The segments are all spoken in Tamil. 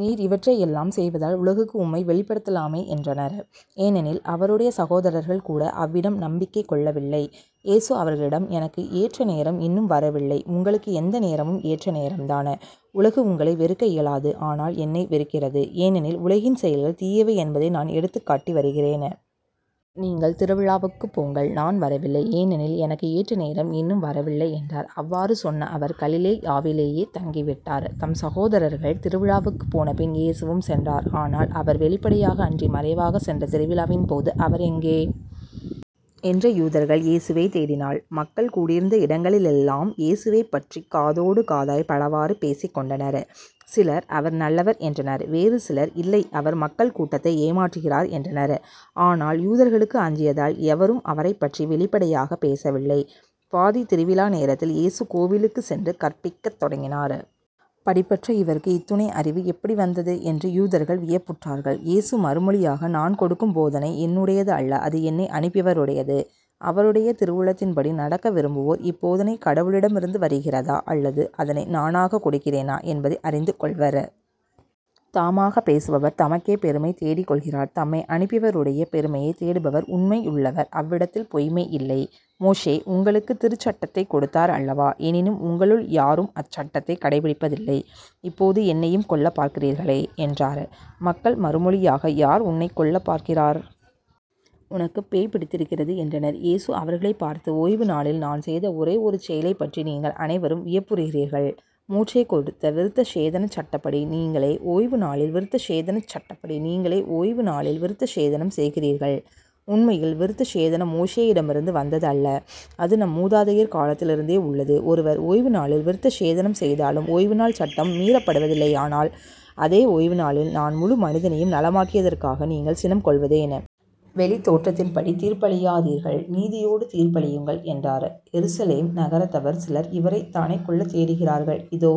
நீர் இவற்றையெல்லாம் செய்வதால் உலகுக்கு உம்மை வெளிப்படுத்தலாமே என்றனர். ஏனெனில்அவருடைய சகோதரர்கள் கூட அவ்விடம் நம்பிக்கை கொள்ளவில்லை. இயேசு அவர்களிடம் எனக்கு ஏற்ற நேரம் இன்னும் வரவில்லை உங்களுக்கு எந்த நேரமும் ஏற்ற நேரம்தான். உலகு உங்களை வெறுக்க இயலாது ஆனால் என்னை வெறுக்கிறது. ஏனெனில் உலகின் செயல்கள் தீயவை என்பதை நான் எடுத்துக்காட்டி வருகிறேன். நீங்கள் திருவிழாவுக்குப் போங்கள் நான் வரவில்லை. ஏனெனில் எனக்கு ஏற்ற நேரம் இன்னும் வரவில்லை என்றார். அவ்வாறு சொன்ன அவர் கலிலேயாவிலேயே தங்கி விட்டார். தம் சகோதரர்கள் திருவிழாவிற்குப் போனபின் இயேசுவும் சென்றார். ஆனால் அவர் வெளிப்படையாக அன்றி மறைவாகச் சென்ற திருவிழாவின்போது அவர் எங்கே? என்ற யூதர்கள் இயேசுவைத் தேடினாள். மக்கள் கூடியிருந்த இடங்களிலெல்லாம் இயேசுவைப்பற்றிக்காதோடு காதாய்ப் பலவாறு பேசிக் கொண்டனர். சிலர் அவர் நல்லவர் என்றனர். வேறு சிலர் இல்லை அவர் மக்கள் கூட்டத்தை ஏமாற்றுகிறார் என்றனர். ஆனால் யூதர்களுக்கு அஞ்சியதால் எவரும் அவரைப் பற்றி வெளிப்படையாகப் பேசவில்லை. பாதித் திருவிழா நேரத்தில் இயேசு கோவிலுக்குச் சென்று கற்பிக்கத் தொடங்கினார். படிப்பற்ற இவருக்கு இத்துணை அறிவு எப்படி வந்தது? என்று யூதர்கள் வியப்புற்றார்கள். இயேசு மறுமொழியாக நான் கொடுக்கும் போதனை என்னுடையது அல்ல அது என்னை அனுப்பியவருடையது. அவருடைய திருவுளத்தின்படி நடக்க விரும்புவோர் இப்போதனை கடவுளிடமிருந்து வருகிறதா? அல்லது அதனை நானாகக் கொடுக்கிறேனா என்பதை அறிந்து கொள்வர். தாமாகப் பேசுபவர் தமக்கே பெருமை தேடிக்கொள்கிறார். தம்மை அனுப்பியவருடைய பெருமையைத் தேடுபவர் உண்மையுள்ளவர் அவ்விடத்தில் பொய்ம்மை இல்லை. மோசே உங்களுக்குத் திருச்சட்டத்தைக் கொடுத்தார் அல்லவா? எனினும் உங்களுள் யாரும் அச்சட்டத்தைக் கடைப்பிடிப்பதில்லை. இப்போது என்னையும் கொல்லப்பார்க்கிறீர்களே என்றார். மக்கள் மறுமொழியாக யார் உன்னைக் கொல்லப் பார்க்கிறார்? உனக்குப் பேய் பிடித்திருக்கிறது என்றனர். இயேசு அவர்களைப் பார்த்து ஓய்வுநாளில் நான் செய்த ஒரே ஒரு செயலைப் பற்றி நீங்கள் அனைவரும் வியப்புறுகிறீர்கள். மோசே கொடுத்த விருத்தசேதனச் சட்டப்படி நீங்களே ஓய்வுநாளில் விருத்தசேதனச் சட்டப்படி நீங்களே ஓய்வு நாளில் விருத்தசேதனம் செய்கிறீர்கள். உண்மையில் விருத்தசேதனம் மோசேயிடமிருந்து வந்தது அல்ல அது நம் மூதாதையர் காலத்திலிருந்தே உள்ளது ஒருவர் ஓய்வு நாளில் விருத்தசேதனம் செய்தாலும் ஓய்வு நாள் சட்டம் மீறப்படுவதில்லையானால் அதே ஓய்வுநாளில் நான் முழு மனிதனையும் நலமாக்கியதற்காக நீங்கள் சினம் கொள்வதேன்? வெளித்தோற்றத்தின்படி தீர்ப்பளியாதீர்கள். நீதியோடு தீர்ப்பளியுங்கள் என்றார். எருசலேம் நகரத்தவர் சிலர் இவரைத்தானே கொல்லத் தேடுகிறார்கள்? இதோ.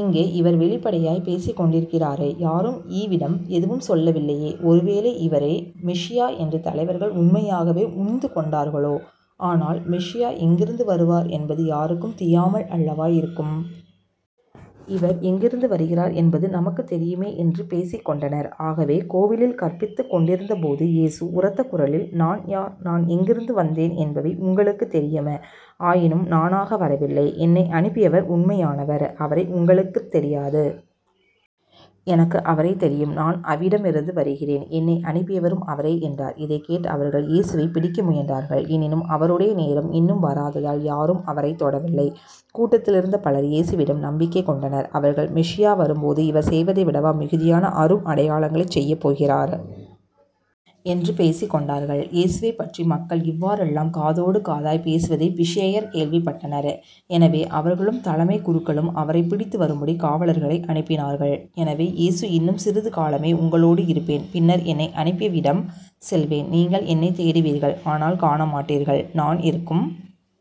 இங்கே இவர் வெளிப்படையாய்ப் பேசிக்கொண்டிருக்கிறாரே. யாரும் இவிடம் எதுவும் சொல்லவில்லையே. ஒருவேளை இவரே மெசியா என்று தலைவர்கள் உண்மையாகவே உண்ந்துகொண்டார்களோ? ஆனால் மெசியா எங்கிருந்து வருவார் என்பது யாருக்கும் தியாமல் அல்லவா இருக்கும். இவர் எங்கிருந்து வருகிறார் என்பது நமக்குத் தெரியுமே என்று பேசிக் கொண்டனர். ஆகவே கோவிலில் கற்பித்துக் கொண்டிருந்தபோது இயேசு உரத்த குரலில் நான் யார்? நான் எங்கிருந்து வந்தேன் என்பவை உங்களுக்குத் தெரியும. ஆயினும் நானாக வரவில்லை. என்னை அனுப்பியவர் உண்மையானவர். அவரை உங்களுக்குத் தெரியாது. எனக்கு அவரைத் தெரியும். நான் அவிடமிருந்து வருகிறேன். என்னை அனுப்பியவரும் அவரே என்றார். இதைக் கேட்ட அவர்கள் இயேசுவைப் பிடிக்க முயன்றார்கள். எனினும் அவருடைய நேரம் இன்னும் வராததால் யாரும் அவரைத் தொடவில்லை. கூட்டத்திலிருந்த பலர் இயேசுவிடம் நம்பிக்கை கொண்டனர். அவர்கள் மெசியா வரும்போது இவர் செய்வதைவிடவா மிகுதியான அரும் அடையாளங்களைச் செய்யப் போகிறார்? என்று பேசிக்கொண்டார்கள். இயேசுவைப்பற்றி மக்கள் இவ்வாறெல்லாம் காதோடு காதாய்ப் பேசுவதைப் பிசேயர் கேள்விப்பட்டனர். எனவே அவர்களும் தலைமைக் குருக்களும் அவரைப் பிடித்து வரும்படி காவலர்களை அனுப்பினார்கள். எனவே இயேசு இன்னும் சிறிது காலமே உங்களோடு இருப்பேன் பின்னர் என்னை அனுப்பியவிடம் செல்வேன். நீங்கள் என்னைத் தேடுவீர்கள் ஆனால் காணமாட்டீர்கள். நான் இருக்கும்